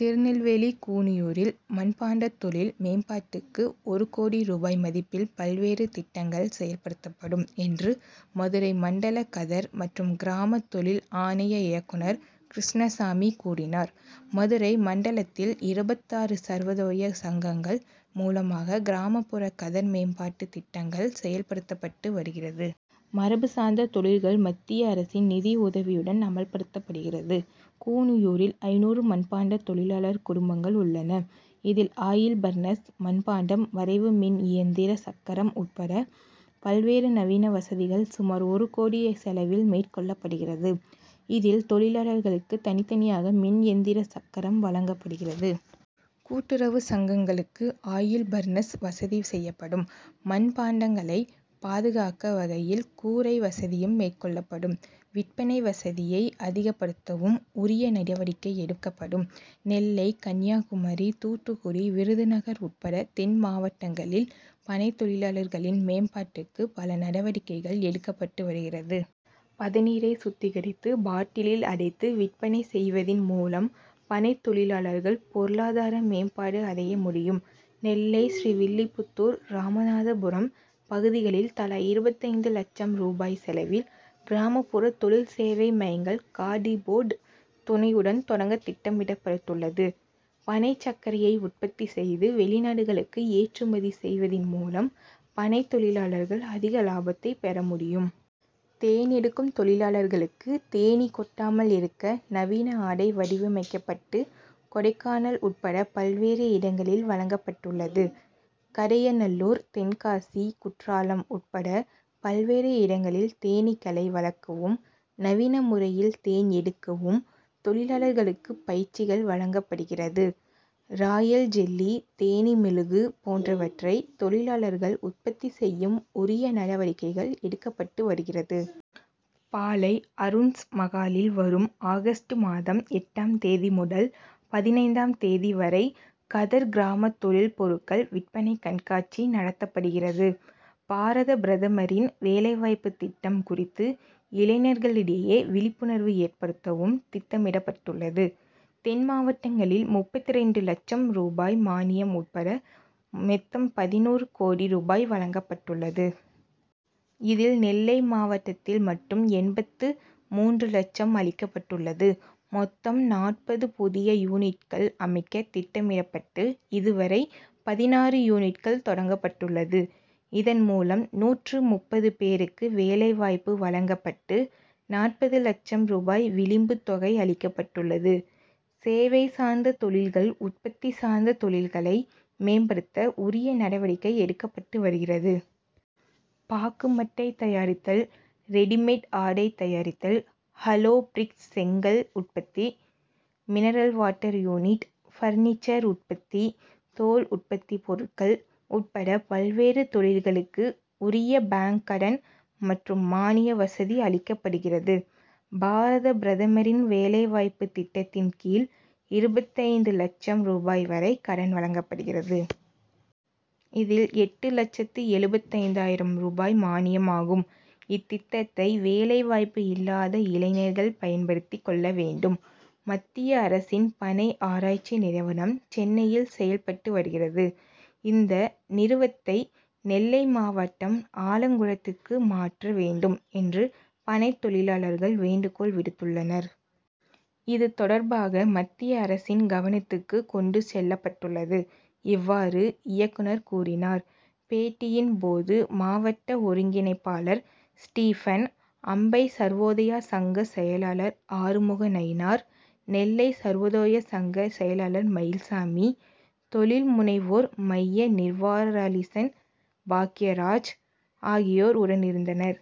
திருநெல்வேலி கூனியூரில் மண்பாண்ட தொழில் மேம்பாட்டிற்கு ஒரு கோடி ரூபாய் மதிப்பில் பல்வேறு திட்டங்கள் செயல்படுத்தப்படும் என்று மதுரை மண்டல கதர் மற்றும் கிராம தொழில் ஆணைய இயக்குனர் கிருஷ்ணசாமி கூறினார். மதுரை மண்டலத்தில் இருபத்தாறு சர்வோதய சங்கங்கள் மூலமாக கிராமப்புற கதர் மேம்பாட்டு திட்டங்கள் செயல்படுத்தப்பட்டு வருகிறது. மரபு சார்ந்த தொழில்கள் மத்திய அரசின் நிதி உதவியுடன் அமல்படுத்தப்படுகிறது. கூனியூரில் ஐந்நூறு மண்பாண்ட தொழிலாளர் குடும்பங்கள் உள்ளன. இதில் ஆயில் பர்னஸ், மண்பாண்டம் வரைவு மின் இயந்திர சக்கரம் உட்பட பல்வேறு நவீன வசதிகள் சுமார் ஒரு கோடி செலவில் மேற்கொள்ளப்படுகிறது. இதில் தொழிலாளர்களுக்கு தனித்தனியாக மின் எந்திர சக்கரம் வழங்கப்படுகிறது. கூட்டுறவு சங்கங்களுக்கு ஆயில் பர்னஸ் வசதி செய்யப்படும். மண் பாண்டங்களை பாதுகாக்க வகையில் கூரை வசதியும் மேற்கொள்ளப்படும். விற்பனை வசதியை அதிகப்படுத்தவும் உரிய நடவடிக்கை எடுக்கப்படும். நெல்லை, கன்னியாகுமரி, தூத்துக்குடி, விருதுநகர் உட்பட தென் மாவட்டங்களில் பனைத் தொழிலாளர்களின் மேம்பாட்டிற்கு பல நடவடிக்கைகள் எடுக்கப்பட்டு வருகிறது. பதனீரை சுத்திகரித்து பாட்டிலில் அடைத்து விற்பனை செய்வதின் மூலம் பனைத் தொழிலாளர்கள் பொருளாதார மேம்பாடு அடைய முடியும். நெல்லை, ஸ்ரீவில்லிபுத்தூர், ராமநாதபுரம் பகுதிகளில் தலா இருபத்தைந்து லட்சம் ரூபாய் செலவில் கிராமப்புற தொழில் சேவை மைங்கள் காதி போர்டு துணையுடன் தொடங்க திட்டமிடப்பட்டுள்ளது. பனை சர்க்கரையை உற்பத்தி செய்து வெளிநாடுகளுக்கு ஏற்றுமதி செய்வதின் மூலம் பனைத் தொழிலாளர்கள் அதிக லாபத்தை பெற முடியும். தேன் எடுக்கும் தொழிலாளர்களுக்கு தேனீ கொட்டாமல் இருக்க நவீன ஆடை வடிவமைக்கப்பட்டு கொடைக்கானல் உட்பட பல்வேறு இடங்களில் வழங்கப்பட்டுள்ளது. கடையநல்லூர், தென்காசி, குற்றாலம் உட்பட பல்வேறு இடங்களில் தேனீக்களை வளர்க்கவும், நவீன முறையில் தேன் எடுக்கவும் தொழிலாளர்களுக்கு பயிற்சிகள் வழங்கப்படுகிறது. ராயல் ஜெல்லி, தேனீ மெழுகு போன்றவற்றை தொழிலாளர்கள் உற்பத்தி செய்யவும் உரிய நடவடிக்கைகள் எடுக்கப்பட்டு வருகிறது. பாளை அருண்ஸ் மகாலில் வரும் ஆகஸ்ட் மாதம் எட்டாம் தேதி முதல் பதினைந்தாம் தேதி வரை கதர் கிராம தொழில் பொருட்கள் விற்பனை கண்காட்சி நடத்தப்படுகிறது. பாரத பிரதமரின் வேலைவாய்ப்பு திட்டம் குறித்து இளைஞர்களிடையே விழிப்புணர்வு ஏற்படுத்தவும் திட்டமிடப்பட்டுள்ளது. தென் மாவட்டங்களில் முப்பத்திரண்டு லட்சம் ரூபாய் மானியம் உட்பட மெத்தம் பதினொரு கோடி ரூபாய் வழங்கப்பட்டுள்ளது. இதில் நெல்லை மாவட்டத்தில் மட்டும் எண்பத்து மூன்று லட்சம் அளிக்கப்பட்டுள்ளது. மொத்தம் நாற்பது புதிய யூனிட்கள் அமைக்க திட்டமிடப்பட்டு இதுவரை பதினாறு யூனிட்கள் தொடங்கப்பட்டுள்ளது. இதன் மூலம் நூற்று முப்பது பேருக்கு வேலைவாய்ப்பு வழங்கப்பட்டு நாற்பது லட்சம் ரூபாய் விளிம்பு தொகை அளிக்கப்பட்டுள்ளது. சேவை சார்ந்த தொழில்கள், உற்பத்தி சார்ந்த தொழில்களை மேம்படுத்த உரிய நடவடிக்கை எடுக்கப்பட்டு வருகிறது. பாக்கு மட்டை தயாரித்தல், ரெடிமேட் ஆடை தயாரித்தல், ஹாலோ பிரிக்ஸ் செங்கல் உற்பத்தி, மினரல் வாட்டர் யூனிட், பர்னிச்சர் உற்பத்தி, தோல் உற்பத்தி பொருட்கள் உட்பட பல்வேறு தொழில்களுக்கு உரிய பாங்க் கடன் மற்றும் மானிய வசதி அளிக்கப்படுகிறது. பாரத பிரதமரின் வேலைவாய்ப்பு திட்டத்தின் கீழ் இருபத்தைந்து லட்சம் ரூபாய் வரை கடன் வழங்கப்படுகிறது. இதில் எட்டு லட்சத்து எழுபத்தைந்தாயிரம் ரூபாய் மானியமாகும். இத்திட்டத்தை வேலைவாய்ப்பு இல்லாத இளைஞர்கள் பயன்படுத்தி கொள்ள வேண்டும். மத்திய அரசின் பனை ஆராய்ச்சி நிறுவனம் சென்னையில் செயல்பட்டு வருகிறது. இந்த நிறுவத்தை நெல்லை மாவட்டம் ஆலங்குளத்திற்கு மாற்ற வேண்டும் என்று பனைத் தொழிலாளர்கள் வேண்டுகோள் விடுத்துள்ளனர். இதுதொடர்பாக மத்திய அரசின் கவனத்திற்கு கொண்டு செல்லப்பட்டுள்ளது. இவ்வாறு இயக்குனர் கூறினார். பேட்டியின் போது மாவட்ட ஒருங்கிணைப்பாளர் ஸ்டீபன், அம்பை சர்வோதய சங்க செயலாளர் ஆறுமுக நயினார். நெல்லை சர்வோதய சங்க செயலாளர் மயில்சாமி, தொழில் முனைவோர் மைய நிர்வா ராலிசன் பாக்கியராஜ் ஆகியோரும் உடனிருந்தனர்.